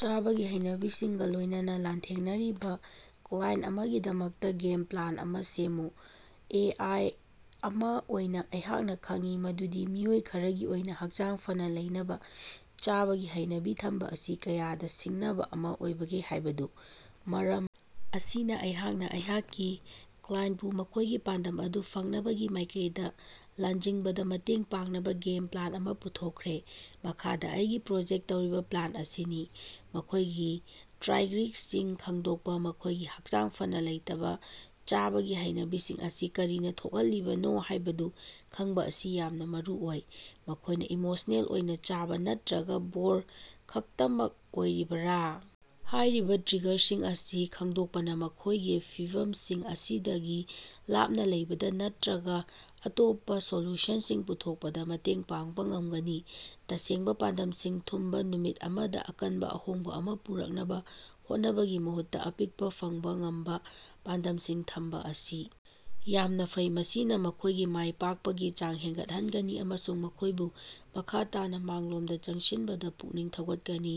ꯆꯥꯕꯒꯤ ꯍꯩꯅꯕꯤꯁꯤꯡꯒ ꯂꯣꯏꯅꯅ ꯂꯥꯟꯊꯦꯡꯅꯔꯤꯕ ꯀ꯭ꯂꯥꯏꯑꯦꯟꯇ ꯑꯃꯒꯤꯗꯃꯛ ꯒꯦꯝ ꯄ꯭ꯂꯥꯟ ꯑꯃ ꯁꯦꯝꯃꯨ꯫ ꯑꯦ. ꯑꯥꯏ. ꯑꯃ ꯑꯣꯏꯅ ꯑꯩꯍꯥꯛꯅ ꯈꯪꯏ ꯃꯗꯨꯗꯤ ꯃꯤꯑꯣꯏ ꯈꯔꯒꯤ ꯑꯣꯏꯅ ꯍꯛꯆꯥꯡ ꯐꯅ ꯂꯩꯅꯕ ꯆꯥꯕꯒꯤ ꯍꯩꯅꯕꯤ ꯊꯝꯕ ꯑꯁꯤ ꯀꯌꯥꯗ ꯁꯤꯡꯅꯕ ꯑꯃ ꯑꯣꯏꯕꯒꯦ ꯍꯥꯏꯕꯗꯨ꯫ ꯃꯔꯝ ꯑꯁꯤꯅ ꯑꯩꯍꯥꯛꯅ ꯑꯩꯍꯥꯛꯀꯤ ꯀ꯭ꯂꯥꯏꯟꯇꯄꯨ ꯃꯈꯣꯏꯒꯤ ꯄꯥꯟꯗꯝ ꯑꯗꯨ ꯐꯪꯅꯕꯒꯤ ꯃꯥꯏꯀꯩꯗ ꯂꯜꯖꯤꯡꯕꯗ ꯃꯇꯦꯡ ꯄꯥꯡꯅꯕ ꯒꯦꯝ ꯄ꯭ꯂꯥꯟ ꯑꯃ ꯄꯨꯊꯣꯛꯈ꯭ꯔꯦ꯫ ꯃꯈꯥꯗ ꯑꯩꯒꯤ ꯄ꯭ꯔꯄꯣꯖ ꯇꯧꯔꯤꯕ ꯄ꯭ꯂꯥꯟ ꯑꯁꯤꯅꯤ: ꯃꯈꯣꯏꯒꯤ ꯇ꯭ꯔꯥꯏꯒ꯭ꯔꯤꯁꯤꯡ ꯈꯪꯗꯣꯛꯄ: ꯃꯈꯣꯏꯒꯤ ꯍꯛꯆꯥꯡ ꯐꯅ ꯂꯩꯇꯕ ꯆꯥꯕꯒꯤ ꯍꯩꯅꯕꯤꯁꯤꯡ ꯑꯁꯤ ꯀꯔꯤꯅ ꯊꯣꯛꯍꯜꯂꯤꯕꯅꯣ ꯍꯥꯏꯕꯗꯨ ꯈꯪꯕ ꯑꯁꯤ ꯌꯥꯝꯅ ꯃꯔꯨꯑꯣꯏ꯫ ꯃꯈꯣꯏꯅ ꯏꯃꯣꯁꯅꯦꯜ ꯑꯣꯏꯅ ꯆꯥꯕ ꯅꯠꯇꯔꯒ ꯕꯣꯔ ꯈꯛꯇꯃꯛ ꯑꯣꯏꯔꯤꯕꯔ? ꯍꯥꯏꯔꯤꯕ ꯇ꯭ꯔꯤꯒꯔꯁꯤꯡ ꯑꯁꯤ ꯈꯪꯗꯣꯛꯄꯅ ꯃꯈꯣꯏ ꯒꯤ ꯐꯤꯚꯝꯁꯤꯡ ꯑꯁꯤꯗꯒꯤ ꯂꯥꯞꯅ ꯂꯩꯕꯗ ꯅꯠꯇꯔꯒ ꯑꯇꯣꯞꯄ ꯁꯣꯂꯨꯁꯟꯁꯤꯡ ꯄꯨꯊꯣꯛꯄꯗ ꯃꯇꯦꯡ ꯄꯥꯡꯕ ꯉꯝꯒꯅꯤ꯫ ꯇꯁꯦꯡꯕ ꯄꯥꯟꯗꯝꯁꯤꯡ ꯊꯝꯕ ꯅꯨꯃꯤꯠ ꯑꯃꯗ ꯑꯀꯟꯕ ꯑꯍꯣꯡꯕ ꯑꯃ ꯄꯨꯔꯛꯅꯕ ꯍꯣꯠꯅꯕꯒꯤ ꯃꯍꯨꯠꯇ, ꯑꯄꯤꯛꯄ, ꯐꯪꯕ ꯉꯝꯕ ꯄꯥꯟꯗꯝꯁꯤꯡ ꯊꯝꯕ ꯑꯁꯤ ꯌꯥꯝꯅ ꯐꯩ꯫ ꯃꯁꯤꯅ ꯃꯈꯣꯏꯒꯤ ꯃꯥꯏ ꯄꯥꯛꯄꯒꯤ ꯆꯥꯡ ꯍꯦꯟꯒꯠꯍꯟꯒꯅꯤ ꯑꯃꯁꯨꯡ ꯃꯈꯣꯏꯕꯨ ꯃꯈ ꯇꯥꯅ ꯃꯥꯡꯂꯣꯝꯗ ꯆꯪꯁꯤꯟꯕꯗ ꯄꯨꯛꯅꯤꯡ ꯊꯧꯒꯠꯀꯅꯤ꯫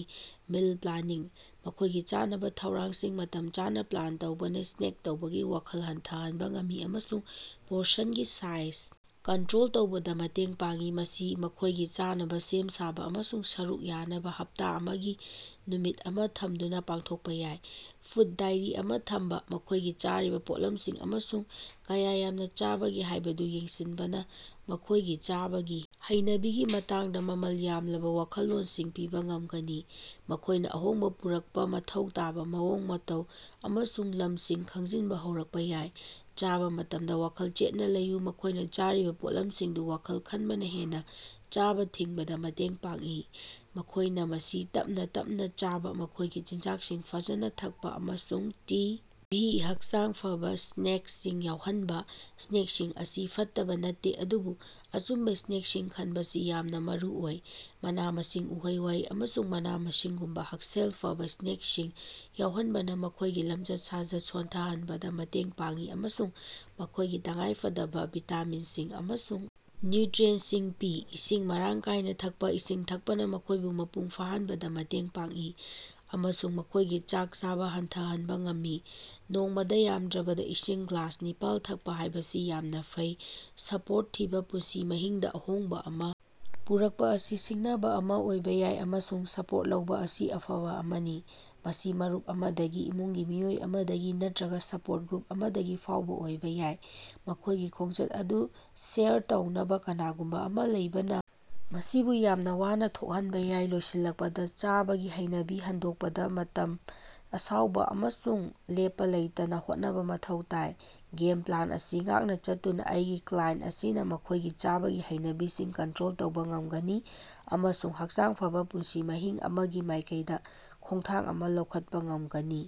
ꯃꯤꯜ ꯄ꯭ꯂꯥꯅꯤꯡ: ꯃꯈꯣꯏꯒꯤ ꯆꯥꯅꯕ ꯊꯧꯔꯥꯡꯁꯤꯡ ꯃꯇꯝ ꯆꯥꯅ ꯄ꯭ꯂꯥꯟ ꯇꯧꯕꯅ ꯁ꯭ꯅꯦꯛ ꯇꯧꯕꯒꯤ ꯋꯥꯈꯜ ꯍꯟꯊꯍꯟꯕ ꯉꯝꯃꯤ ꯑꯃꯁꯨꯡ ꯄꯣꯔꯁꯟꯒꯤ ꯁꯥꯏꯖ ꯀꯟꯇꯔꯣꯜ ꯇꯧꯕꯗ ꯃꯇꯦꯡ ꯄꯥꯡꯏ꯫ ꯃꯁꯤ ꯃꯈꯣꯏꯒꯤ ꯆꯥꯅꯕ ꯁꯦꯝ-ꯁꯥꯕ ꯑꯃꯁꯨꯡ ꯁꯔꯨꯛ ꯌꯥꯅꯕ ꯍꯞꯇ ꯑꯃꯒꯤ ꯅꯨꯃꯤꯠ ꯑꯃ ꯊꯝꯗꯨꯅ ꯄꯥꯡꯊꯣꯛꯄ ꯌꯥꯏ꯫ ꯐꯨꯗ ꯗꯥꯏꯔꯤ ꯑꯃ ꯊꯝꯕ: ꯃꯈꯣꯏꯅ ꯆꯥꯔꯤꯕ ꯄꯣꯠꯂꯝꯁꯤꯡ ꯑꯃꯁꯨꯡ ꯀꯌ ꯌꯥꯝꯅ ꯆꯥꯕꯒꯦ ꯍꯥꯏꯕꯗꯨ ꯌꯦꯡꯁꯤꯟꯕꯅ ꯃꯈꯣꯏꯒꯤ ꯆꯥꯕꯒꯤ ꯍꯩꯅꯕꯤꯒꯤ ꯃꯇꯥꯡꯗ ꯃꯃꯜ ꯌꯥꯝꯂꯕ ꯋꯥꯈꯜꯂꯣꯟꯁꯤꯡ ꯄꯤꯕ ꯉꯝꯒꯅꯤ꯫ ꯃꯈꯣꯏꯅ ꯑꯍꯣꯡꯕ ꯄꯨꯔꯛꯄ ꯃꯊꯧ ꯇꯥꯕ ꯃꯑꯣꯡ-ꯃꯇꯧ ꯑꯃꯁꯨꯡ ꯂꯝꯁꯤꯡ ꯈꯪꯖꯤꯟꯕ ꯍꯧꯔꯛꯄ ꯌꯥꯏ꯫ ꯆꯥꯕ ꯃꯇꯝꯗ ꯋꯥꯈꯜ ꯆꯦꯠꯅ ꯂꯩꯌꯨ ꯃꯈꯣꯏꯅ ꯆꯥꯔꯤꯕ ꯄꯣꯠꯂꯝꯁꯤꯡꯗ ꯋꯥꯈꯜ ꯈꯟꯕꯅ ꯍꯦꯟꯅ ꯆꯥꯕ ꯊꯤꯡꯕꯗ ꯃꯇꯦꯡ ꯄꯥꯡꯏ꯫ ꯃꯈꯣꯏꯅ ꯃꯁꯤ ꯇꯞꯅ ꯇꯞꯅ ꯆꯥꯕ, ꯃꯈꯣꯏꯒꯤ ꯆꯤꯟꯖꯥꯛꯁꯤꯡ ꯐꯖꯅ ꯊꯛꯄ ꯑꯃꯁꯨꯡ ꯇꯤ. ꯚꯤ. ꯍꯛꯆꯥꯡ ꯐꯕꯥ ꯁ꯭ꯅꯦꯛꯁꯤꯡ ꯌꯥꯎꯍꯟꯕ: ꯁ꯭ꯅꯦꯛꯁꯤꯡ ꯑꯁꯤ ꯐꯠꯇꯕ ꯅꯠꯇꯦ, ꯑꯗꯨꯕꯨ ꯑꯆꯨꯝꯕ ꯁ꯭ꯅꯦꯛꯁꯤꯡ ꯈꯟꯕꯁꯤ ꯌꯥꯝꯅ ꯃꯔꯨꯑꯣꯏ꯫ ꯃꯅꯥ-ꯃꯁꯤꯡ, ꯎꯍꯩ-ꯋꯥꯍꯩ ꯑꯃꯁꯨꯡ ꯃꯅꯥ-ꯃꯁꯤꯡꯒꯨꯝꯕ ꯍꯛꯁꯦꯜ ꯐꯕꯥ ꯁ꯭ꯅꯦꯛꯁꯤꯡ ꯌꯥꯎꯍꯟꯕꯅ ꯃꯈꯣꯏꯒꯤ ꯂꯝꯆꯠ-ꯁꯥꯖꯠ ꯁꯣꯟꯊꯍꯟꯕꯗ ꯃꯇꯦꯡ ꯄꯥꯡꯏ ꯑꯃꯁꯨꯡ ꯃꯈꯣꯏꯒꯤ ꯇꯉꯥꯏꯐꯗꯕ ꯚꯤꯇꯥꯃꯤꯟꯁꯤꯡ ꯑꯃꯁꯨꯡ ꯅ꯭ꯌꯨꯇꯔꯤꯌꯦꯟꯇꯁꯤꯡ ꯄꯤ꯫ ꯏꯁꯤꯡ ꯃꯔꯥꯡ ꯀꯥꯏꯅ ꯊꯛꯄ: ꯏꯁꯤꯡ ꯊꯛꯄꯅ ꯃꯈꯣꯏꯕꯨ ꯃꯄꯨꯡ ꯐꯥꯍꯟꯕꯗ ꯃꯇꯦꯡ ꯄꯥꯡꯏ ꯑꯃꯁꯨꯡ ꯃꯈꯣꯏꯒꯤ ꯆꯥꯛ ꯆꯥꯕ ꯍꯟꯊꯍꯟꯕ ꯉꯝꯃꯤ꯫ ꯅꯣꯡꯃꯗꯥ ꯌꯥꯝꯗ꯭ꯔꯕꯗ ꯏꯁꯤꯡ ꯒ꯭ꯂꯥꯁꯅꯤꯄꯥꯜ ꯊꯛꯄ ꯍꯥꯏꯕꯁꯤ ꯌꯥꯝꯅ ꯐꯩ꯫ ꯁꯄꯣꯔꯇ ꯊꯤꯕ ꯄꯨꯟꯁꯤ ꯃꯍꯤꯡꯗ ꯑꯍꯣꯡꯕ ꯑꯃ ꯄꯨꯔꯛꯄ ꯑꯁꯤ ꯁꯤꯡꯅꯕ ꯑꯃ ꯑꯣꯏꯕ ꯌꯥꯏ, ꯑꯃꯁꯨꯡ ꯁꯄꯣꯔꯠ ꯂꯧꯕ ꯑꯁꯤ ꯑꯐꯕ ꯑꯃꯅꯤ꯫ ꯃꯁꯤ ꯃꯔꯨꯞ ꯑꯃꯗꯒꯤ, ꯏꯃꯨꯡꯒꯤ ꯃꯤꯑꯣꯏ ꯑꯃꯗꯒꯤ ꯅꯠꯇꯔꯒ ꯁꯄꯣꯔꯠ ꯒ꯭ꯔꯨꯞ ꯑꯃꯗꯒꯤ ꯐꯥꯎꯕ ꯑꯣꯏꯕ ꯌꯥꯏ꯫ ꯃꯈꯣꯏꯒꯤ ꯈꯣꯡꯆꯠ ꯑꯗꯨ ꯁꯦꯌꯔ ꯇꯧꯅꯕ ꯀꯅꯥꯒꯨꯝꯕ ꯑꯃ ꯂꯩꯕꯅ ꯃꯁꯤꯕꯨ ꯌꯥꯝꯅ ꯋꯥꯅ ꯊꯣꯛꯍꯟꯕ ꯌꯥꯏ꯫ ꯂꯣꯏꯁꯤꯜꯂꯛꯄꯗ, ꯆꯥꯕꯒꯤ ꯍꯩꯅꯕꯤ ꯍꯣꯡꯗꯣꯛꯄꯗ ꯃꯇꯝ, ꯑꯁꯥꯎꯕ ꯑꯃꯁꯨꯡ ꯂꯦꯞꯄ ꯂꯩꯇꯅ ꯍꯣꯠꯅꯕ ꯃꯊꯧ ꯇꯥꯏ꯫ ꯒꯦꯝ ꯄ꯭ꯂꯥꯟ ꯑꯁꯤ ꯉꯥꯛꯅ ꯆꯠꯇꯨꯅ ꯑꯩꯒꯤ ꯀ꯭ꯂꯥꯏꯑꯦꯟꯇ ꯑꯁꯤꯅ ꯃꯈꯣꯏꯒꯤ ꯆꯥꯕꯒꯤ ꯍꯩꯅꯕꯤꯁꯤꯡ ꯀꯟꯇꯔꯣꯜ ꯇꯧꯕꯥ ꯉꯝꯒꯅꯤ ꯑꯃꯁꯨꯡ ꯍꯛꯆꯥꯡ ꯐꯕꯥ ꯄꯨꯟꯁꯤ ꯃꯍꯤꯡ ꯑꯃꯒꯤ ꯃꯥꯏꯀꯩꯗꯥ ꯈꯣꯡꯊꯥꯡ ꯑꯃ ꯂꯧꯈꯠꯄꯥ ꯉꯝꯒꯅꯤ꯫